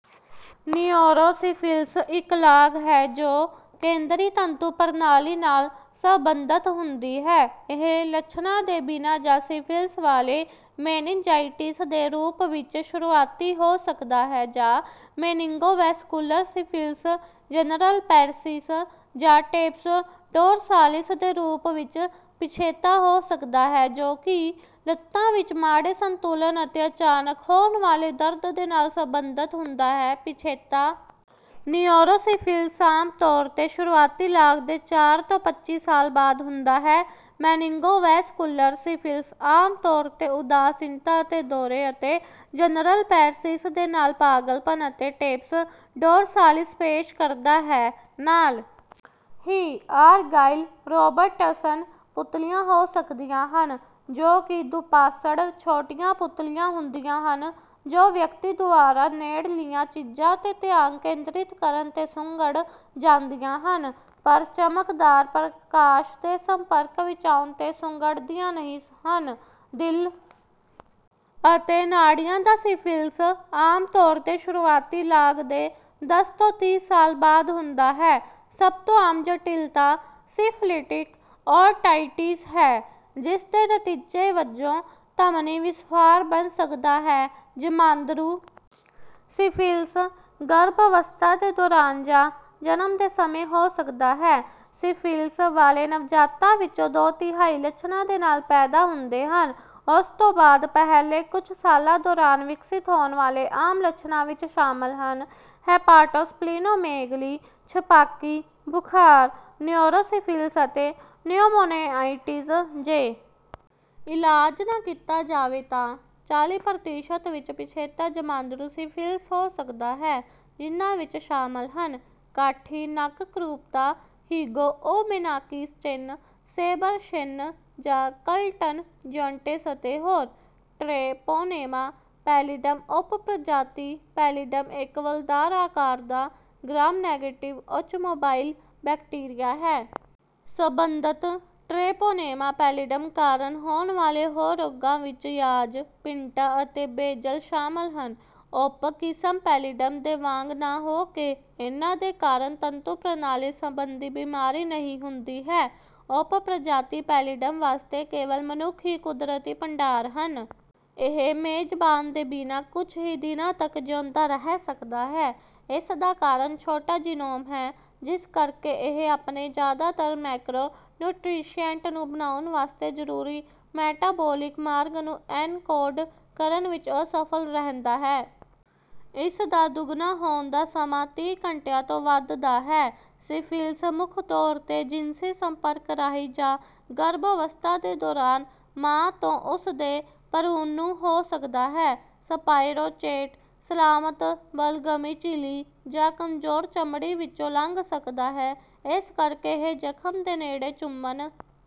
Neurosyphilis ਇੱਕ ਲਾਗ ਹੈ, ਜੋ ਕੇਂਦਰੀ ਤੰਤੂ ਪ੍ਰਣਾਲੀ ਨਾਲ ਸਬੰਧਤ ਹੁੰਦੀ ਹੈ। ਇਹ ਲੱਛਣਾਂ ਦੇ ਬਿਨਾਂ ਜਾਂ ਸਿਫਿਲਿਸ ਵਾਲੇ ਮੇਨਿਨਜਾਈਟਿਸ ਦੇ ਰੂਪ ਵਿੱਚ ਸ਼ੁਰੂਆਤੀ ਹੋ ਸਕਦਾ ਹੈ, ਜਾਂ ਮੇਨਿਨਗੋਵੈਸਕੁਲਰ ਸਿਫਿਲਿਸ, ਜਨਰਲ ਪੈਰਿਸਿਸ, ਜਾਂ ਟੇਬਸ ਡੋਰਸਾਲਿਸ ਦੇ ਰੂਪ ਵਿੱਚ ਪਿਛੇਤਾ ਹੋ ਸਕਦਾ ਹੈ, ਜੋ ਕਿ ਲੱਤਾਂ ਵਿੱਚ ਮਾੜੇ ਸੰਤੁਲਨ ਅਤੇ ਅਚਾਨਕ ਹੋਣ ਵਾਲੇ ਦਰਦ ਦੇ ਨਾਲ ਸਬੰਧਤ ਹੁੰਦਾ ਹੈ। ਪਿਛੇਤਾ ਨਿਊਰੋਸਿਫਿਲਿਸ ਆਮ ਤੌਰ 'ਤੇ ਸ਼ੁਰੂਆਤੀ ਲਾਗ ਦੇ ਚਾਰ ਤੋਂ ਪੱਚੀ ਸਾਲ ਬਾਅਦ ਹੁੰਦਾ ਹੈ। ਮੇਨਿਨਗੋਵੈਸਕੁਲਰ ਸਿਫਿਲਿਸ ਆਮ ਤੌਰ 'ਤੇ ਉਦਾਸੀਨਤਾ ਅਤੇ ਦੌਰੇ, ਅਤੇ ਜਨਰਲ ਪੈਰਿਸਿਸ ਦੇ ਨਾਲ ਪਾਗਲਪਣ ਅਤੇ ਟੇਬਸ ਡੋਰਸਾਲਿਸ ਪੇਸ਼ ਕਰਦਾ ਹੈ। ਨਾਲ ਹੀ, ਆਰਗਾਈਲ ਰੋਬਰਟਸਨ ਪੁਤਲੀਆਂ ਹੋ ਸਕਦੀਆਂ ਹਨ, ਜੋ ਕਿ ਦੁਪਾਸੜ ਛੋਟੀਆਂ ਪੁਤਲੀਆਂ ਹੁੰਦੀਆਂ ਹਨ, ਜੋ ਵਿਅਕਤੀ ਦੁਆਰਾ ਨੇੜਲੀਆਂ ਚੀਜ਼ਾਂ 'ਤੇ ਧਿਆਨ ਕੇਂਦ੍ਰਿਤ ਕਰਨ 'ਤੇ ਸੁੰਗੜ ਜਾਂਦੀਆਂ ਹਨ, ਪਰ ਚਮਕਦਾਰ ਪ੍ਰਕਾਸ਼ ਦੇ ਸੰਪਰਕ ਵਿੱਚ ਆਉਣ 'ਤੇ ਸੁੰਗੜਦੀਆਂ ਨਹੀਂ ਹਨ। ਦਿਲ ਅਤੇ ਨਾੜੀਆਂ ਦਾ ਸਿਫਿਲਿਸ ਆਮ ਤੌਰ 'ਤੇ ਸ਼ੁਰੂਆਤੀ ਲਾਗ ਦੇ ਦਸ ਤੋਂ ਤੀਹ ਸਾਲ ਬਾਅਦ ਹੁੰਦਾ ਹੈ। ਸਭ ਤੋਂ ਆਮ ਜਟਿਲਤਾ ਸੀਫਲਿਟਿਕ ਔਰਟਾਈਟਿਸ ਹੈ, ਜਿਸ ਦੇ ਨਤੀਜੇ ਵਜੋਂ ਧਮਨੀ ਵਿਸਫਾਰ ਬਣ ਸਕਦਾ ਹੈ। ਜਮਾਂਦਰੂ ਸਿਫਿਲਿਸ ਗਰਭ-ਅਵਸਥਾ ਦੇ ਦੌਰਾਨ ਜਾਂ ਜਨਮ ਦੇ ਸਮੇਂ ਹੋ ਸਕਦਾ ਹੈ। ਸਿਫਿਲਿਸ ਵਾਲੇ ਨਵਜਾਤਾਂ ਵਿੱਚੋਂ ਦੋ-ਤਿਹਾਈ ਲੱਛਣਾਂ ਦੇ ਨਾਲ ਪੈਦਾ ਹੁੰਦੇ ਹਨ। ਉਸ ਤੋਂ ਬਾਅਦ ਪਹਿਲੇ ਕੁਝ ਸਾਲਾਂ ਦੌਰਾਨ ਵਿਕਸਿਤ ਹੋਣ ਵਾਲੇ ਆਮ ਲੱਛਣਾਂ ਵਿੱਚ ਸ਼ਾਮਲ ਹਨ: ਹੈਪਾਟੋਸਪਲੀਨੋਮੇਗਲੀ, ਛਪਾਕੀ, ਬੁਖ਼ਾਰ, ਨਿਊਰੋਸਿਫਿਲਿਸ ਅਤੇ ਨਿਊਮੋਨਾਈਟਿਸ। ਜੇ ਇਲਾਜ ਨਾ ਕੀਤਾ ਜਾਵੇ, ਤਾਂ ਚਾਲੀ ਪ੍ਰਤੀਸ਼ਤ ਵਿੱਚ ਪਿਛੇਤਾ ਜਮਾਂਦਰੂ ਸਿਫਿਲਿਸ ਹੋ ਸਕਦਾ ਹੈ, ਜਿਨ੍ਹਾਂ ਵਿੱਚ ਸ਼ਾਮਲ ਹਨ: ਕਾਠੀ ਨੱਕ ਕਰੂਪਤਾ, ਹਿਗੋਉਮੇਨਾਕਿਸ ਚਿੰਨ੍ਹ, ਸੇਬਰ ਸ਼ਿਨ, ਜਾਂ ਕਲੱਟਨ ਜੋਇੰਟਸ ਅਤੇ ਹੋਰ। ਟ੍ਰੇਪੋਨੇਮਾ ਪੈਲਿਡਮ ਉਪ-ਪ੍ਰਜਾਤੀ ਪੈਲਿਡਮ ਇੱਕ ਵੱਲਦਾਰ ਆਕਾਰ ਦਾ, ਗ੍ਰਾਮ-ਨੇਗੇਟਿਵ, ਉੱਚ ਮੋਬਾਈਲ ਬੈਕਟੀਰੀਆ ਹੈ। ਸਬੰਧਤ ਟ੍ਰੇਪੋਨੇਮਾ ਪੈਲਿਡਮ ਕਾਰਨ ਹੋਣ ਵਾਲੇ ਹੋਰ ਰੋਗਾਂ ਵਿੱਚ ਯਾਜ, ਪਿੰਟਾ ਅਤੇ ਬੇਜਲ ਸ਼ਾਮਲ ਹਨ। ਉਪ-ਕਿਸਮ ਪੈਲਿਡਮ ਦੇ ਵਾਂਗ ਨਾ ਹੋ ਕੇ, ਇਹਨਾਂ ਦੇ ਕਾਰਨ ਤੰਤੂ ਪ੍ਰਣਾਲੀ ਸਬੰਧੀ ਬਿਮਾਰੀ ਨਹੀਂ ਹੁੰਦੀ ਹੈ। ਉਪ-ਪ੍ਰਜਾਤੀ ਪੈਲਿਡਮ ਵਾਸਤੇ ਕੇਵਲ ਮਨੁੱਖ ਹੀ ਕੁਦਰਤੀ ਭੰਡਾਰ ਹਨ। ਇਹ ਮੇਜ਼ਬਾਨ ਦੇ ਬਿਨਾਂ ਕੁਝ ਹੀ ਦਿਨਾਂ ਤੱਕ ਜਿਉਂਦਾ ਰਹਿ ਸਕਦਾ ਹੈ। ਇਸ ਦਾ ਕਾਰਨ ਛੋਟਾ ਜਿਨੋਮ ਹੈ, ਜਿਸ ਕਰਕੇ ਇਹ ਆਪਣੇ ਜ਼ਿਆਦਾਤਰ ਮੈਕਰੋ-ਨਿਊਟ੍ਰੀਸ਼ਿਏਂਟ ਨੂੰ ਬਣਾਉਣ ਵਾਸਤੇ ਜ਼ਰੂਰੀ ਮੈਟਾਬੋਲਿਕ ਮਾਰਗ ਨੂੰ ਐਨਕੋਡ ਕਰਨ ਵਿੱਚ ਅਸਫਲ ਰਹਿੰਦਾ ਹੈ। ਇਸ ਦਾ ਦੁੱਗਣਾ ਹੋਣ ਦਾ ਸਮਾਂ ਤੀਹ ਘੰਟਿਆਂ ਤੋਂ ਵੱਧ ਦਾ ਹੈ। ਸਿਫਿਲਿਸ ਮੁੱਖ ਤੌਰ 'ਤੇ ਜਿਨਸੀ ਸੰਪਰਕ ਰਾਹੀਂ ਜਾਂ ਗਰਭ-ਅਵਸਥਾ ਦੇ ਦੌਰਾਨ ਮਾਂ ਤੋਂ ਉਸ ਦੇ ਭਰੂਣ ਨੂੰ ਹੋ ਸਕਦਾ ਹੈ। ਸਪਾਇਰੋਚੇਟ ਸਲਾਮਤ ਬਲਗਮੀ ਝਿੱਲੀ ਜਾਂ ਕਮਜ਼ੋਰ ਚਮੜੀ ਵਿੱਚੋਂ ਲੰਘ ਸਕਦਾ ਹੈ। ਇਸ ਕਰਕੇ ਇਹ ਜਖਮ ਦੇ ਨੇੜੇ ਚੁੰਮਣ...